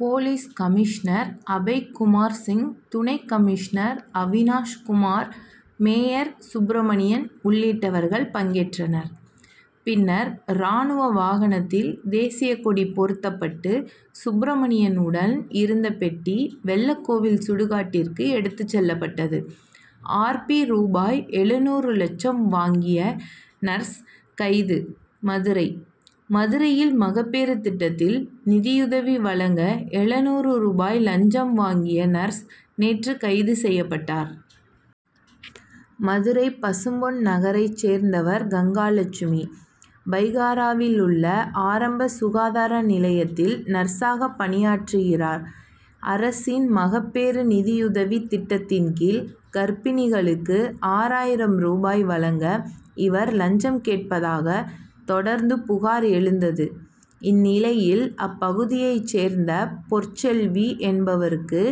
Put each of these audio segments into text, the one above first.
Police commissioner Abhaykumar Singh துணை commissioner Avinash Kumar mayor Subramanian உள்ளிட்டவர்கள் பங்கேற்றனர். பின்னர் ராணுவ வாகனத்தில் தேசியக்கொடி போர்த்தப்பட்டு சுப்ரமணியன் உடல் இருந்த பெட்டி வெள்ளக்கோவில் சுடுகாட்டிற்கு எடுத்துச் செல்லப்பட்டது. ஆர். பி. ரூபாய் எழுநூறு லஞ்சம் வாங்கிய நர்ஸ் கைது மதுரை மதுரையில் மகப்பேறு திட்டத்தில் நிதியுதவி வழங்க எழுநூறு ரூபாய் லஞ்சம் வாங்கிய நர்ஸ் நேற்று கைது செய்யப்பட்டார். மதுரை பசும்பொன் நகரை சேர்ந்தவர் கங்காலட்சுமி. பைகாராவிலுள்ள ஆரம்ப சுகாதார நிலையத்தில் நர்ஸாக பணியாற்றுகிறார். அரசின் மகப்பேறு நிதியுதவி திட்டத்தின்கீழ் கர்ப்பிணிகளுக்கு ஆறாயிரம் ரூபாய் வழங்க இவர் லஞ்சம் கேட்பதாக தொடர்ந்து புகார் எழுந்தது. இந்நிலையில் அப்பகுதியை சேர்ந்த பொற்செல்வி என்பவருக்கு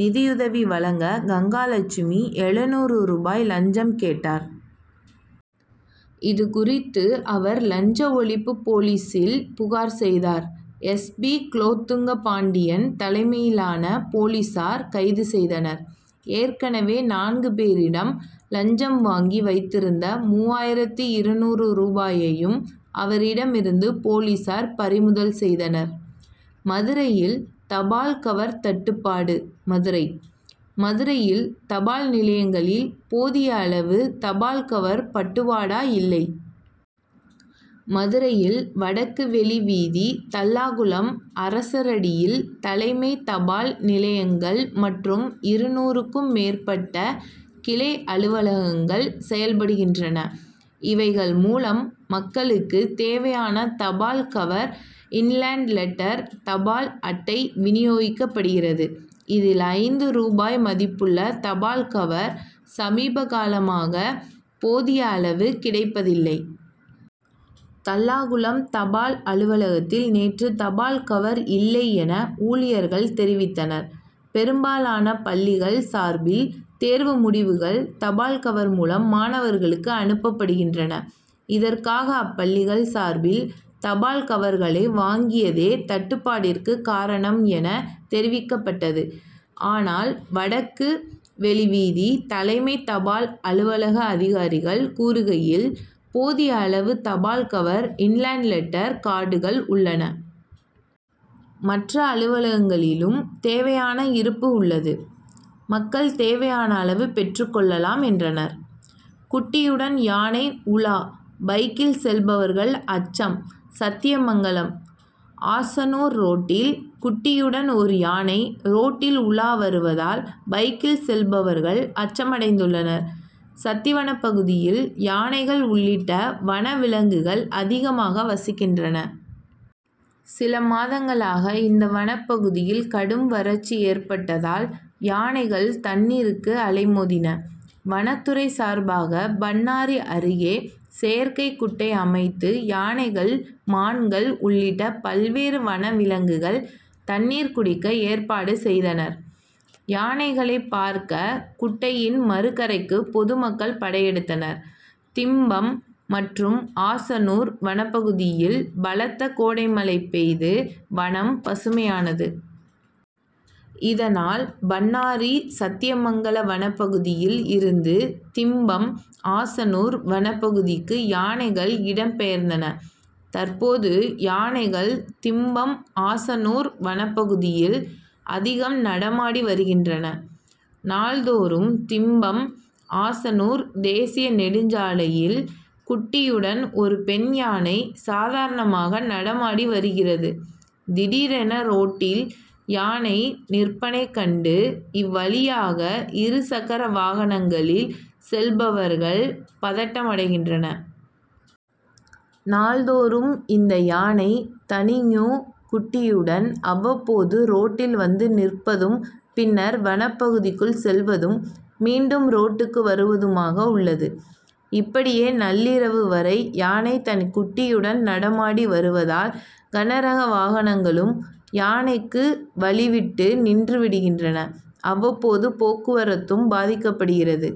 நிதியுதவி வழங்க கங்காலட்சுமி எழுநூறு ரூபாய் லஞ்சம் கேட்டார். இதுகுறித்து அவர் லஞ்ச ஒழிப்பு போலீசில் புகார் செய்தார். எஸ். பி. குலோத்துங்க பாண்டியன் தலைமையிலான போலீசார் கைது செய்தனர். ஏற்கனவே நான்கு பேரிடம் லஞ்சம் வாங்கி வைத்திருந்த மூவாயிரத்து இருநூறு ரூபாயையும் அவரிடமிருந்து போலீசார் பறிமுதல் செய்தனர். மதுரையில் தபால் கவர் தட்டுபாடு மதுரை மதுரையில் தபால் நிலையங்களில் போதியளவு தபால் கவர் பட்டுவாடா இல்லை. மதுரையில் வடக்கு வெளி வீதி தல்லாகுளம் அரசரடியில் தலைமை தபால் நிலையங்கள் மற்றும் இருநூறுக்கும் மேற்பட்ட கிளை அலுவலகங்கள் செயல்படுகின்றன. இவைகள் மூலம் மக்களுக்கு தேவையான தபால் கவர் இன்லேண்ட் லெட்டர் தபால் அட்டை வினியோகிக்கப்படுகிறது. இதில் ஐந்து ரூபாய் மதிப்புள்ள தபால் கவர் சமீபகாலமாக போதிய அளவு கிடைப்பதில்லை. தல்லாகுளம் தபால் அலுவலகத்தில் நேற்று தபால் கவர் இல்லை என ஊழியர்கள் தெரிவித்தனர். பெரும்பாலான பள்ளிகள் சார்பில் தேர்வு முடிவுகள் தபால் கவர் மூலம் மாணவர்களுக்கு அனுப்பப்படுகின்றன. இதற்காக அப்பள்ளிகள் சார்பில் தபால் கவர்களை வாங்கியதே தட்டுப்பாட்டிற்கு காரணம் என தெரிவிக்கப்பட்டது. ஆனால் வடக்கு வெளி வீதி தலைமை தபால் அலுவலக அதிகாரிகள் கூறுகையில் போதிய அளவுக்கு தபால் கவர் இன்லேண்ட் லெட்டர் கார்டுகள் உள்ளன. மற்ற அலுவலகங்களிலும் தேவையான இருப்பு உள்ளது. மக்கள் தேவையான அளவு பெற்று கொள்ளலாம் என்றனர். குட்டியுடன் யானை உலா பைக்கில் செல்பவர்கள் அச்சம் சத்தியமங்கலம் ஆசனூர் ரோட்டில் குட்டியுடன் ஒரு யானை ரோட்டில் உலா வருவதால் பைக்கில் செல்பவர்கள் அச்சமடைந்துள்ளனர். சத்தி வனப்பகுதியில் யானைகள் உள்ளிட்ட வனவிலங்குகள் அதிகமாக வசிக்கின்றன. சில மாதங்களாக இந்த வனப்பகுதியில் கடும் வறட்சி ஏற்பட்டதால் யானைகள் தண்ணீருக்கு அலைமோதின. வனத்துறை சார்பாக பண்ணாரி அருகே செயற்கை குட்டை அமைத்து யானைகள் மான்கள் உள்ளிட்ட பல்வேறு வனவிலங்குகள் தண்ணீர் குடிக்க ஏற்பாடு செய்தனர். யானைகளை பார்க்க குட்டையின் மறுகரைக்கு பொதுமக்கள் படையெடுத்தனர். திம்பம் மற்றும் ஆசனூர் வனப்பகுதியில் பலத்த கோடை மழை பெய்து வனம் பசுமையானது. இதனால் பண்ணாரி சத்தியமங்கலம் வனப்பகுதியில் இருந்து திம்பம் ஆசனூர் வனப்பகுதிக்கு யானைகள் இடம் பெயர்ந்தன. தற்போது யானைகள் திம்பம் ஆசனூர் வனப்பகுதியில் அதிகம் நடமாடி வருகின்றன. நாள்தோறும் திம்பம் ஆசனூர் தேசிய நெடுஞ்சாலையில் குட்டியுடன் ஒரு பெண் யானை சாதாரணமாக நடமாடி வருகிறது. திடீரென ரோட்டில் யானை நிற்பனைக் கண்டு இவ்வழியாக இருசக்கர வாகனங்களில் செல்பவர்கள் பதட்டமடைகின்றனர். நாள்தோறும் இந்த யானை தணீஞூ குட்டியுடன் அவ்வப்போது ரோட்டில் வந்து நிற்பதும் பின்னர் வனப்பகுதிக்குள் செல்வதும் மீண்டும் ரோட்டுக்கு வருவதுமாக உள்ளது. இப்படியே நள்ளிரவு வரை யானை தன் குட்டியுடன் நடமாடி வருவதால் கன ரக வாகனங்களும் யானைக்கு வழிவிட்டு நின்று விடுகின்றன. அவ்வப்போது போக்குவரத்தும் பாதிக்கப்படுகிறது.